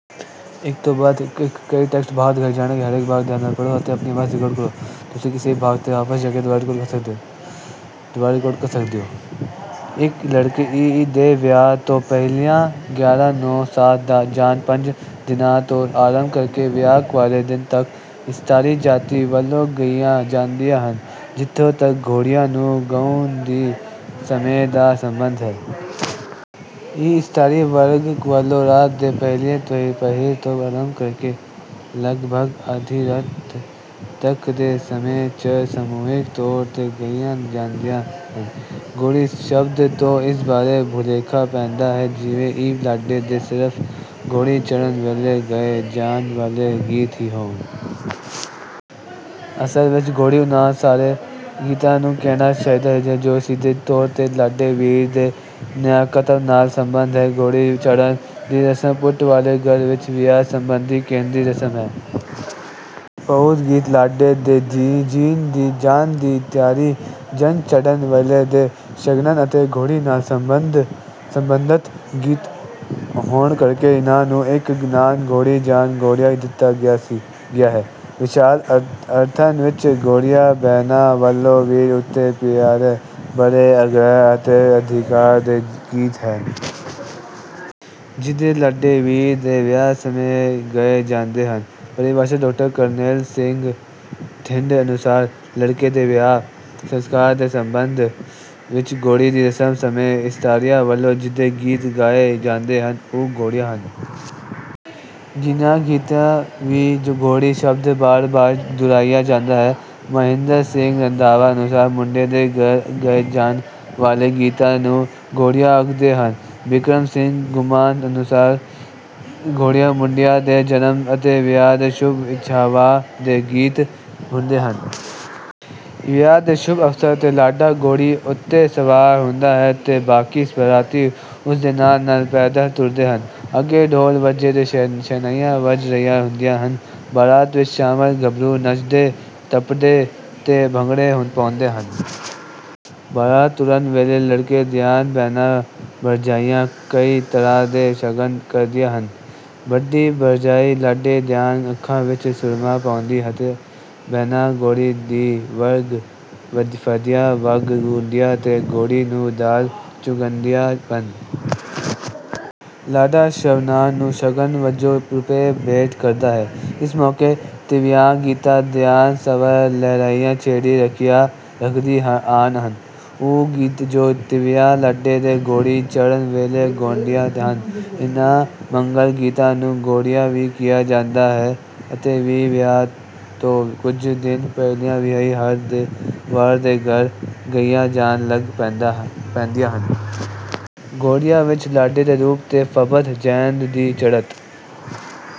ਇਹ ਲੜਕੇ ਦੇ ਵਿਆਹ ਤੋਂ ਪਹਿਲਾਂ ਗਿਆਰਾਂ, ਨੌ, ਸੱਤ ਜਾਂ ਪੰਜ ਦਿਨਾਂ ਤੋਂ ਆਰੰਭ ਕਰਕੇ ਵਿਆਹ ਵਾਲੇ ਦਿਨ ਤੱਕ ਇਸਤਰੀ ਜਾਤੀ ਵੱਲੋਂ ਗਾਈਆਂ ਜਾਂਦੀਆਂ ਹਨ ਜਿੱਥੋ ਤੱਕ ਘੋੜੀਆਂ ਨੂੰ ਗਾਉਣ ਦੇ ਸਮੇਂ ਦਾ ਸੰਬੰਧ ਹੈ। ਇਹ ਇਸਤਰੀ ਵਰਗ ਵੱਲੋਂ ਰਾਤ ਦੇ ਪਹਿਲੇ ਪਹਿਰ ਤੋਂ ਆਰੰਭ ਕਰਕੇ ਲਗਭਗ ਅੱਧੀ ਰਾਤ ਤੱਕ ਦੇ ਸਮੇਂ ਚ ਸਮੂਹਿਕ ਤੌਰ ਤੇ ਗਾਈਆਂ ਜਾਂਦੀਆਂ ਹਨ। 'ਘੋੜੀ ਸ਼ਬਦ ਤੋਂ ਇਸ ਬਾਰੇ ਭੁਲੇਖਾ ਪੈਂਦਾ ਹੈ ਜਿਵੇਂ ਇਹ ਲਾੜੇ ਦੇ ਸਿਰਫ਼ ਘੋੜੀ ਚੜ੍ਹਨ ਵੇਲੇ ਗਾਏ ਜਾਣ ਵਾਲੇ ਗੀਤ ਹੀ ਹੋਣ। ਅਸਲ ਵਿਚ ਘੋੜੀ ਉਨ੍ਹਾਂ ਸਾਰੇ ਗੀਤਾਂ ਨੂੰ ਕਹਿਣਾ ਚਾਹੀਦਾ ਹੈ ਜੋ ਸਿੱਧੇ ਤੌਰ ਤੇ ਲਾੜੇ-ਵੀਰ ਦੇ ਨਾਇਕਤਵ ਨਾਲ ਸਬੰਧਤ ਹਨ। ਘੋੜੀ ਚੜ੍ਹਨ ਦੀ ਰਸਮ ਪੁੱਤ ਵਾਲੇ ਘਰ ਵਿਚ ਵਿਆਹ ਸਬੰਧੀ ਕੇਂਦਰੀ ਰਸਮ ਹੈ। ਬਹੁਤੇ ਗੀਤ ਲਾੜੇ ਦੀ ਜੰਨ ਦੀ ਤਿਆਰੀ, ਜੰਨ ਚੜ੍ਹਨ ਵੇਲੇ ਦੇ ਸ਼ਗਨਾਂ ਅਤੇ ਘੋੜੀ ਨਾਲ ਸਬੰਧਤ ਗੀਤ ਹੋਣ ਕਰਕੇ ਇਨ੍ਹਾਂ ਨੂੰ ਇਕ ਨਾਂ 'ਘੋੜੀ ਜਾਂ 'ਘੋੜੀਆਂ ਦਿੱਤਾ ਗਿਆ ਹੈ। ਵਿਸ਼ਾਲ ਅਰਥਾਂ ਵਿਚ ਘੋੜੀਆਂ, ਭੈਣਾਂ ਵੱਲੋਂ ਵੀਰ ਉੱਤੇ ਪਿਆਰ ਭਰੇ ਆਗ੍ਰਿਹ ਅਤੇ ਅਧਿਕਾਰ ਦੇ ਗੀਤ ਹਨ। ਜਿਹੜੇ ਲਾੜੇ-ਵੀਰ ਦੇ ਵਿਆਹ ਸਮੇਂ ਗਏ ਜਾਂਦੇ ਹਨ। ਪਰਿਭਾਸ਼ਾ ਡਾਕਟਰ ਕਰਨੈਲ ਸਿੰਘ ਥਿੰਦ ਅਨੁਸਾਰ, "ਲੜਕੇ ਦੇ ਵਿਆਹ ਸੰਸਕਾਰ ਦੇ ਸੰਬੰਧ ਵਿੱਚ ਘੋੜੀ ਦੀ ਰਸਮ ਸਮੇਂ ਇਸਤਰੀਆਂ ਵੱਲੋਂ ਜਿਹੜੇ ਗੀਤ ਗਾਏ ਜਾਂਦੇ ਹਨ, ਉਹ ਘੋੜੀਆਂ ਹਨ। ਜਿਨ੍ਹਾਂ ਗੀਤਾਂ ਵਿੱਚ ਘੋੜੀ ਸ਼ਬਦ ਬਾਰ-ਬਾਰ ਦੁਹਰਾਇਆ ਜਾਂਦਾ ਹੈ। " ਮਹਿੰਦਰ ਸਿੰਘ ਰੰਧਾਵਾ ਅਨੁਸਾਰ, "ਮੁੰਡੇ ਦੇ ਘਰ ਗਾਏ ਜਾਣ ਵਾਲੇ ਗੀਤਾਂ ਨੂੰ "ਘੋੜੀਆਂ" ਆਖਦੇ ਹਨ। " ਬਿਕਰਮ ਸਿੰਘ ਘੁੰਮਣ ਅਨੁਸਾਰ, "ਘੋੜੀਆਂ, ਮੁੰਡਿਆਂ ਦੇ ਜਨਮ ਅਤੇ ਵਿਆਹ ਦੇ ਸ਼ੁਭ-ਇੱਛਾਂਵਾਂ ਦੇ ਗੀਤ ਹੁੰਦੇ ਹਨ। ਵਿਆਹ ਦੇ ਸ਼ੁਭ ਅਵਸਰ ਤੇ ਲਾੜ੍ਹਾਂ ਘੋੜੀ ਉੱਤੇ ਸਵਾਰ ਹੁੰਦਾ ਹੈ ਤੇ ਬਾਕੀ ਬਰਾਤੀ ਉਸ ਦੇ ਨਾਲ-ਨਾਲ ਪੈਦਲ ਤੁਰਦੇ ਹਨ। ਅੱਗੇ ਢੋਲ ਵਾਜੇ ਤੇ ਸ਼ਹਿਨਾਈਆਂ ਵੱਜ ਰਹੀਆਂ ਹੁੰਦੀਆਂ ਹਨ। ਬਰਾਤ ਵਿਚ ਸ਼ਾਮਲ ਗੱਭਰੂ ਨੱਚਦੇ ਟੱਪਦੇ ਤੇ ਭੰਗੜੇ ਪਾਉਂਦੇ ਹਨ। ਬਰਾਤ ਤੁਰਨ ਵੇਲੇ ਲੜਕੇ ਦੀਆਂ ਭੈਣਾਂ ਭਰਜਾਈਆਂ ਕਈ ਤਰ੍ਹਾਂ ਦੇ ਸ਼ਗਨ ਕਰਦੀਆਂ ਹਨ। ਵੱਡੀ ਭਰਜਾਈ ਲਾਂੜੇ ਦੀਆਂ ਅੱਖਾਂ ਵਿੱਚ ਸੁਰਮਾ ਪਾਉਂਦੀ ਹੈ ਅਤੇ ਭੈਣਾਂ ਘੋੜੀ ਦੀ 'ਵਾਗ ਫੜਦੀਆਂ, 'ਵਾਗ ਗੁੰਦਦੀਆਂ ਤੇ ਘੋੜੀ ਨੂੰ ਦਾਲ ਚੁਗਾਉਂਦੀਆ ਹਨ। ਲਾੜ੍ਹਾ ਸਭਨਾਂ ਨੂੰ ਸ਼ਗਨ ਵਜੋਂ ਰੁਪਏ ਭੇਟ ਕਰਦਾ ਹੈ। ਇਸ ਮੌਕੇ ਤੀਵੀਆਂ ਗੀਤਾਂ ਦੀਆਂ ਸਵਰ ਲਹਿਰੀਆਂ ਛੇੜੀ ਰੱਖਦੀਆਂ ਹਨ। ਉਹ ਗੀਤ ਜੋ ਤੀਵੀਆਂ ਲਾੜੇ ਦੇ ਘੋੜੀ ਚੜ੍ਹਨ ਵੇਲੇ ਗਾਉਂਦੀਆਂ ਹਨ। ਇਨ੍ਹਾਂ ਮੰਗਲ ਗੀਤਾਂ ਨੂੰ 'ਘੋੜੀਆਂ ਵੀ ਕਿਹਾ ਜਾਂਦਾ ਹੈ ਅਤੇ ਇਹ ਵਿਆਹ ਤੋਂ ਕੁਝ ਦਿਨ ਪਹਿਲਾਂ ਹੀ ਵਰ ਦੇ ਘਰ ਗਾਈਆਂ ਜਾਣ ਲੱਗ ਪੈਂਦੀਆਂ ਹਨ। ਘੋੜੀਆਂ ਵਿੱਚ ਲਾੜ੍ਹੇ ਦੇ ਰੂਪ ਤੇ ਫੱਬਣ, ਜੰਞ ਦੀ ਚੜ੍ਹਤ